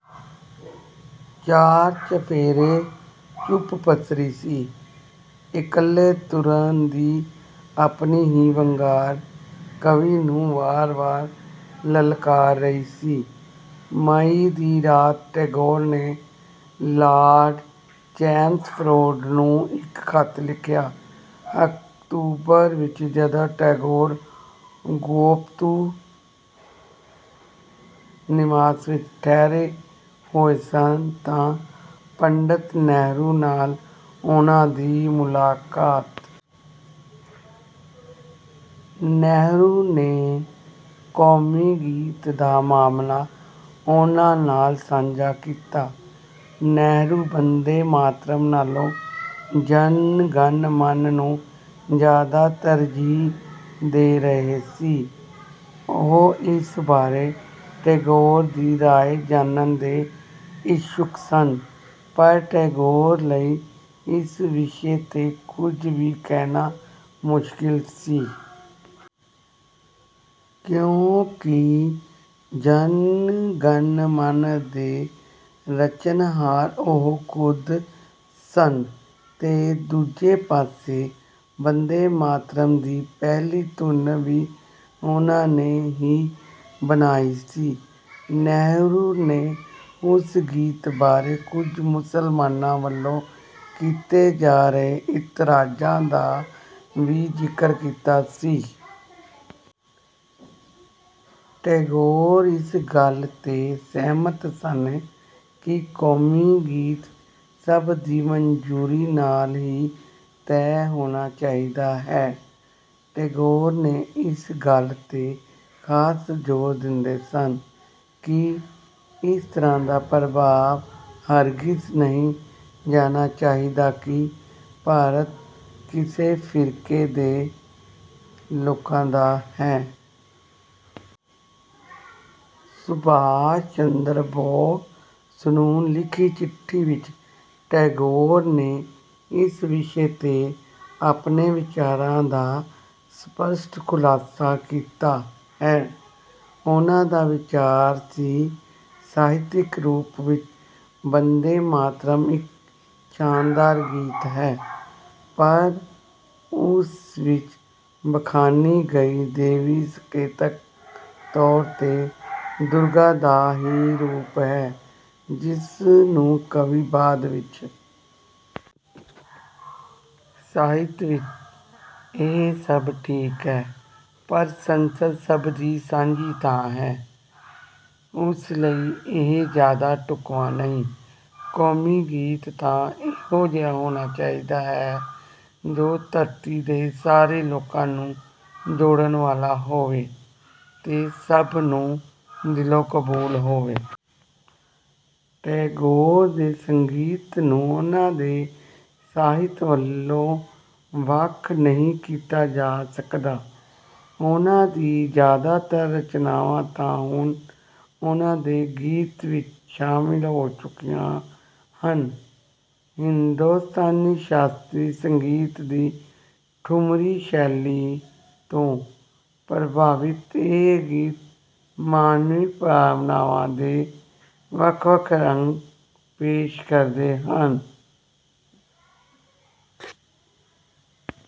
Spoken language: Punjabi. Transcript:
ਚਾਰ-ਚੁਫ਼ੇਰੇ ਚੁੱਪ ਪਸਰੀ ਸੀ, ਇਕੱਲੇ ਤੁਰਣ ਦੀ ਆਪਣੀ ਹੀ ਵੰਗਾਰ ਕਵੀ ਨੂੰ ਵਾਰ-ਵਾਰ ਲਲਕਾਰ ਰਹੀ ਸੀ। ਮਈ ਦੀ ਰਾਤ ਟੈਗੋਰ ਨੇ ਲਾਰਡ ਚੈਮਸਫ਼ੋਰਡ ਨੂੰ ਇੱਕ ਖਤ ਲਿਖਿਆ। ਅਕਤੂਬਰ ਵਿੱਚ ਜਦੋਂ ਟੈਗੋਰ ਗੋਪਤੂ ਨਿਵਾਸ ਵਿੱਚ ਠਹਿਰੇ ਹੋਏ ਸਨ ਤਾਂ ਪੰਡਿਤ ਨਹਿਰੂ ਨਾਲ ਉਨ੍ਹਾ ਦੀ ਮੁਲਾਕਾਤ ਹੋਈ। ਨਹਿਰੂ ਨੇ ਕੌਮੀ ਗੀਤ ਦਾ ਮਾਮਲਾ ਉਨ੍ਹਾ ਨਾਲ ਸਾਂਝਾ ਕੀਤਾ। ਨਹਿਰੂ ਬੰਦੇ-ਮਾਤਰਮ ਨਾਲੋਂ ਜਨ-ਗਣ-ਮਨ ਨੂੰ ਜ਼ਿਆਦਾ ਤਰਜ਼ੀਹ ਦੇ ਰਹੇ ਸੀ, ਉਹ ਇਸ ਬਾਰੇ ਟੈਗੋਰ ਦੀ ਰਾਇ ਜਾਣਨ ਦੇ ਇਛੁਕ ਸਨ। ਪਰ ਟੈਗੋਰ ਲਈ ਇਸ ਵਿਸ਼ੇ 'ਤੇ ਕੁਝ ਵੀ ਕਹਿਣਾ ਮੁਸ਼ਕਿਲ ਸੀ। ਕਿਉਂਕਿ ਜਨ-ਗਣ-ਮਨ ਦੇ ਰਚਣਹਾਰ ਉਹ ਖੁਦ ਸਨ ਤੇ ਦੂਜੇ ਪਾਸੇ ਬੰਦੇ-ਮਾਤਰਮ ਦੀ ਪਹਿਲੀ ਧੁਨ ਵੀ ਉਨ੍ਹਾ ਨੇ ਹੀ ਬਣਾਈ ਸੀ। ਨਹਿਰੂ ਨੇ ਉਸ ਗੀਤ ਬਾਰੇ ਕੁਝ ਮੁਸਲਮਾਨਾਂ ਵੱਲੋਂ ਕੀਤੇ ਜਾ ਰਹੇ ਇਤਰਾਜ਼ਾਂ ਦਾ ਵੀ ਜ਼ਿਕਰ ਕੀਤਾ ਸੀ। ਟੈਗੋਰ ਇਸ ਗੱਲ 'ਤੇ ਸਹਿਮਤ ਸਨ ਕਿ ਕੌਮੀ ਗੀਤ ਸਭ ਦੀ ਮੰਜ਼ੂਰੀ ਨਾਲ ਹੀ ਤਹਿ ਹੋਣਾ ਚਾਹੀਦਾ ਹੈ। ਟੈਗੋਰ ਨੇ ਇਸ ਗੱਲ 'ਤੇ ਖਾਸ ਜ਼ੋਰ ਦਿੰਦੇ ਸਨ ਕਿ ਇਸ ਤਰ੍ਹਾਂ ਦਾ ਪ੍ਰਭਾਵ ਹਰਗਿਜ਼ ਨਹੀਂ ਜਾਣਾ ਚਾਹੀਦਾ ਕਿ ਭਾਰਤ ਕਿਸੇ ਖਾਸ ਫ਼ਿਰਕੇ ਦੇ ਲੋਕਾਂ ਦਾ ਹੈ। ਸੁਭਾਸ਼ ਚੰਦਰ ਬੋਸ ਨੂੰ ਲਿਖੀ ਚਿੱਠੀ ਵਿੱਚ ਟੈਗੋਰ ਨੇ ਇਸ ਵਿਸ਼ੇ 'ਤੇ ਆਪਣੇ ਵਿਚਾਰਾਂ ਦਾ ਸਪਸ਼ਟ ਖੁਲਾਸਾ ਕੀਤਾ ਹੈ। ਉਨ੍ਹਾ ਦਾ ਵਿਚਾਰ ਸੀ ਕਿ ਸਾਹਿਤਕ ਰੂਪ ਵਿੱਚ ਬੰਦੇ-ਮਾਤਰਮ ਇੱਕ ਸ਼ਾਨਦਾਰ ਗੀਤ ਹੈ ਪਰ ਉਸ ਵਿੱਚ ਬਖਾਨੀ ਗਈ ਦੇਵੀ ਸੰਕੇਤਕ ਤੌਰ 'ਤੇ ਦੁਰਗਾ ਦਾ ਹੀ ਰੂਪ ਹੈ, ਜਿਸਨੂੰ ਕਵੀ ਬਾਦ ਵਿੱਚ ਬੰਗਾਲ ਦੇ ਰੂਪ ਵਿੱਚ ਪੇਸ਼ ਕਰਦਾ ਹੈ। ਸਾਹਿਤ ਵਿੱਚ ਇਹ ਸਭ ਠੀਕ ਹੈ ਪਰ ਸੰਸਦ ਸਭ ਦੀ ਸਾਂਝੀ ਥਾਂ ਹੈ ਉਸ ਲਈ ਇਹ ਜ਼ਿਆਦਾ ਢੁਕਵਾਂ ਨਹੀਂ। ਕੌਮੀ ਗੀਤ ਤਾਂ ਇਹੋ ਜਿਹਾ ਹੋਣਾ ਚਾਹੀਦਾ ਹੈ ਜੋ ਉਸ ਧਰਤੀ ਦੇ ਸਾਰੇ ਲੋਕਾਂ ਨੂੰ ਜੋੜਨ ਵਾਲਾ ਹੋਵੇ ਤੇ ਸਭ ਨੂੰ ਦਿਲੋਂ ਕਬੂਲ ਹੋਵੇ। ਟੈਗੋਰ ਦੇ ਸੰਗੀਤ ਨੂੰ ਉਨ੍ਹਾਂ ਦੇ ਸਾਹਿਤ ਵਲੋਂ ਵੱਖ ਨਹੀਂ ਕੀਤਾ ਜਾ ਸਕਦਾ। ਉਨ੍ਹਾਂ ਦੀ ਜਿਆਦਾਤਰ ਰਚਨਾਵਾਂ ਤਾਂ ਹੁਣ ਉਨ੍ਹਾਂ ਦੇ ਗੀਤਾਂ ਵਿੱਚ ਸ਼ਾਮਿਲ ਹੋ ਚੁੱਕੀਆਂ ਹਨ। ਹਿੰਦੁਸਤਾਨੀ ਸ਼ਾਸਤਰੀ ਸੰਗੀਤ ਦੀ ਠੁਮਰੀ ਸ਼ੈਲੀ ਤੋਂ ਪ੍ਰਭਾਵਿਤ ਇਹ ਗੀਤ ਮਾਨਵੀ ਭਾਵਨਾਵਾਂ ਦੇ ਵੱਖ-ਵੱਖ ਰੰਗ ਪੇਸ਼ ਕਰਦੇ ਹਨ।